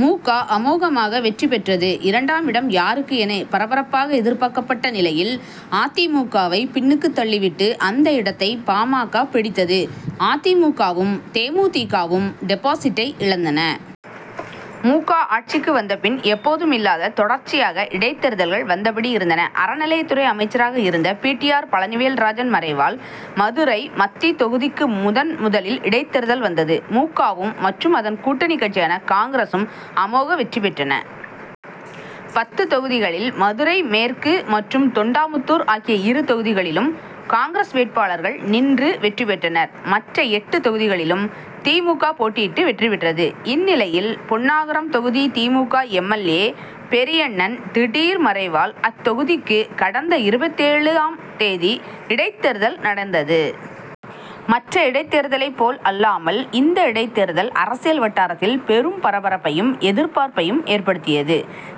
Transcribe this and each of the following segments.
மு. க. அமோகமாக வெற்றி பெற்றது. இரண்டாம் இடம் யாருக்கு என பரபரப்பாக எதிர்பார்க்கப்பட்ட நிலையில் அ. தி. மு. க.வை பின்னுக்கு தள்ளிவிட்டு அந்த இடத்தை பா. ம. க. பிடித்தது. அ. தி. மு. க.வும் தே. மு. தி. க.வும் டிபாசிட் டை இழந்தன. மு. க. ஆட்சிக்கு வந்த பின் எப்போதும் இல்லாத தொடர்ச்சியாக இடைத்தேர்தல்கள் வந்தபடி இருந்தன. அறநிலையத்துறை அமைச்சராக இருந்த பி. டி. ஆர். பழனிவேல்ராஜன் மறைவால் மதுரை மத்தி தொகுதிக்கு முதன் முதலில் இடைத்தேர்தல் வந்தது. மு. க.வும் மற்றும் அதன் கூட்டணி கட்சியான காங்கிரசும் அமோக வெற்றி பெற்றன. பத்து தொகுதிகளில் மதுரை மேற்கு மற்றும் தொண்டாமுத்தூர் ஆகிய இரு தொகுதிகளிலும் காங்கிரஸ் வேட்பாளர்கள் நின்று வெற்றி பெற்றனர். மற்ற எட்டு தொகுதிகளிலும் தி. மு. க. போட்டியிட்டு வெற்றி பெற்றது. இந்நிலையில் பென்னாகரம் தொகுதி தி. மு. க. எம். எல். ஏ. பெரியண்ணன் திடீர் மறைவால் அத்தொகுதிக்கு கடந்த இருபத்தேழு ஆம் தேதி இடைத்தேர்தல் நடந்தது. மற்ற இடைத்தேர்தலைப் போல் அல்லாமல் இந்த இடைத்தேர்தல் அரசியல் வட்டாரத்தில் பெரும் பரபரப்பையும் எதிர்பார்ப்பையும் ஏற்படுத்தியது.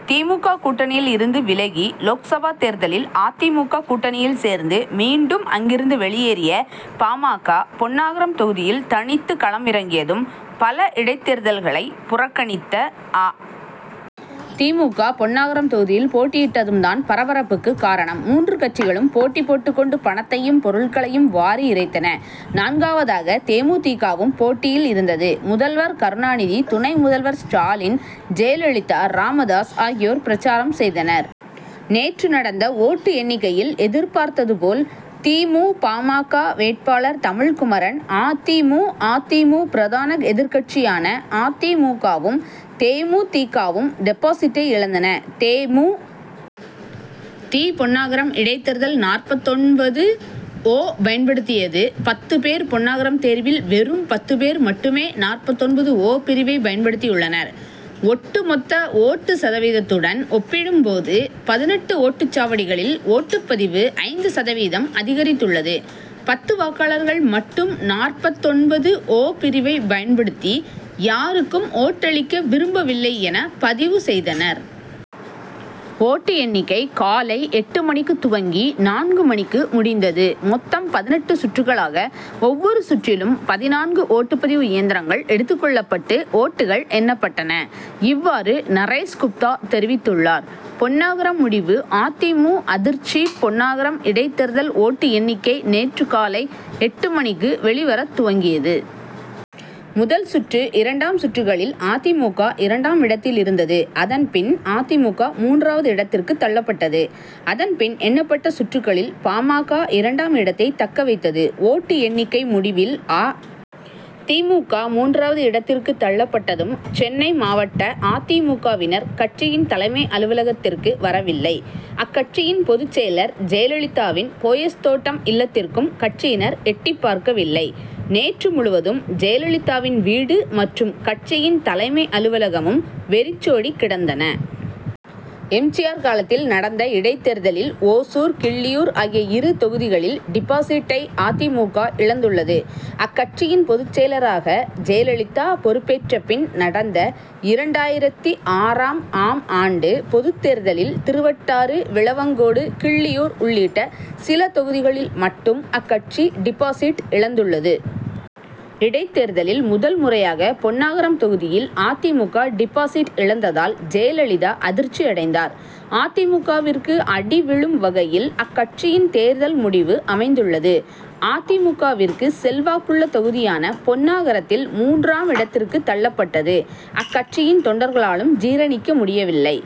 தி. மு. க. கூட்டணியில் இருந்து விலகி லோக்சபா தேர்தலில் அ. தி. மு. க. கூட்டணியில் சேர்ந்து மீண்டும் அங்கிருந்து வெளியேறிய பா. ம. க. பென்னாகரம் தொகுதியில் தனித்து களம் இறங்கியதும் பல இடைத்தேர்தல்களை புறக்கணித்த அ. தி. மு. க. பென்னாகரம் தொகுதியில் போட்டியிட்டதும் தான் பரபரப்புக்கு காரணம். மூன்று கட்சிகளும் போட்டி போட்டுக் கொண்டு பணத்தையும் பொருட்களையும் வாரி இறைத்தன. நான்காவதாக தே. மு. தி. க.வும் போட்டியில் இருந்தது. முதல்வர் கருணாநிதி துணை முதல்வர் ஸ்டாலின், ஜெயலலிதா, ராமதாஸ் ஆகியோர் பிரசாரம் செய்தனர். நேற்று நடந்த ஓட்டு எண்ணிக்கையில் எதிர்பார்த்தது போல் தி. மு. பா. ம. க. வேட்பாளர் தமிழ்குமரன் அ. தி. மு. அ. தி. மு. பிரதான எதிர்க்கட்சியான அ. தி. மு. க.வும், தே. மு. தி. க.வும் டிபாசிட்டை இழந்தன. தே. மு. தி. பென்னாகரம் இடைத்தேர்தல் நாற்பத்தொன்பது-ஓ பயன்படுத்தியது பத்து பேர் பென்னாகரம் தேர்தலில் வெறும் பத்து பேர் மட்டுமே நாற்பத்தொன்பது -ஓ பிரிவை பயன்படுத்தியுள்ளனர். ஒட்டு மொத்த ஓட்டு சதவீதத்துடன் ஒப்பிடும் போது பதினெட்டு ஓட்டுச்சாவடிகளில் ஓட்டுப்பதிவு ஐந்து சதவீதம் அதிகரித்துள்ளது. பத்து வாக்காளர்கள் மட்டும் நாற்பத்தொன்பது -ஓ பிரிவைப் பயன்படுத்தி யாருக்கும் ஓட்டளிக்க விரும்பவில்லை என பதிவு செய்தனர். ஓட்டு எண்ணிக்கை காலை எட்டு மணிக்குத் துவங்கி நான்கு மணிக்கு முடிந்தது. மொத்தம் பதினெட்டு சுற்றுகளாக ஒவ்வொரு சுற்றிலும் பதினான்கு ஓட்டுப்பதிவு இயந்திரங்கள் எடுத்துக்கொள்ளப்பட்டு ஓட்டுகள் எண்ணப்பட்டன. இவ்வாறு நரேஷ் குப்தா தெரிவித்துள்ளார். பென்னாகரம் முடிவு அ. தி. மு. அதிர்ச்சி பென்னாகரம் இடைத்தேர்தல் ஓட்டு எண்ணிக்கை நேற்று காலை எட்டு மணிக்கு வெளிவரத் துவங்கியது. முதல் சுற்று, இரண்டாம் சுற்றுகளில் அ. தி. மு. க. இரண்டாம் இடத்தில் இருந்தது. அதன்பின் அ. தி. மு. க. மூன்றாவது இடத்திற்கு தள்ளப்பட்டது. அதன் பின் எண்ணப்பட்ட சுற்றுகளில் பா. ம. க. இரண்டாம் இடத்தை தக்க வைத்தது. ஓட்டு எண்ணிக்கை முடிவில் அ. தி. மு. க. மூன்றாவது இடத்திற்கு தள்ளப்பட்டதும் சென்னை மாவட்ட அ. தி. மு. க.வினர் கட்சியின் தலைமை அலுவலகத்திற்கு வரவில்லை. அக்கட்சியின் பொதுச்செயலர் ஜெயலலிதாவின் போயஸ் தோட்டம் இல்லத்திற்கும் கட்சியினர் எட்டிப்பார்க்கவில்லை. நேற்று முழுவதும் ஜெயலலிதாவின் வீடு மற்றும் கட்சியின் தலைமை அலுவலகமும் வெறிச்சோடி கிடந்தன. எம். ஜி. ஆர். காலத்தில் நடந்த இடைத்தேர்தலில் ஓசூர், கிள்ளியூர் ஆகிய இரு தொகுதிகளில் டிபாசிட்டை அ. தி. மு. க. இழந்துள்ளது. அக்கட்சியின் பொதுச் செயலராக ஜெயலலிதா பொறுப்பேற்ற பின் நடந்த இரண்டாயிரத்து ஆறாம் ஆம் ஆண்டு பொதுத் தேர்தலில் திருவட்டாறு, விளவங்கோடு, கிள்ளியூர் உள்ளிட்ட சில தொகுதிகளில் மட்டும் அக்கட்சி டிபாசிட் இழந்துள்ளது. இடைத்தேர்தலில் முதல்முறையாக பென்னாகரம் தொகுதியில் அ. தி. மு. க. டிபாசிட் இழந்ததால் ஜெயலலிதா அதிர்ச்சி அடைந்தார். அ. தி. மு. க.விற்கு அடி விழும் வகையில் அக்கட்சியின் தேர்தல் முடிவு அமைந்துள்ளது. அ. தி. மு. க.விற்கு செல்வாக்குள்ள தொகுதியான பென்னாகரத்தில் மூன்றாம் இடத்திற்கு தள்ளப்பட்டது அக்கட்சியின் தொண்டர்களாலும் ஜீரணிக்க முடியவில்லை.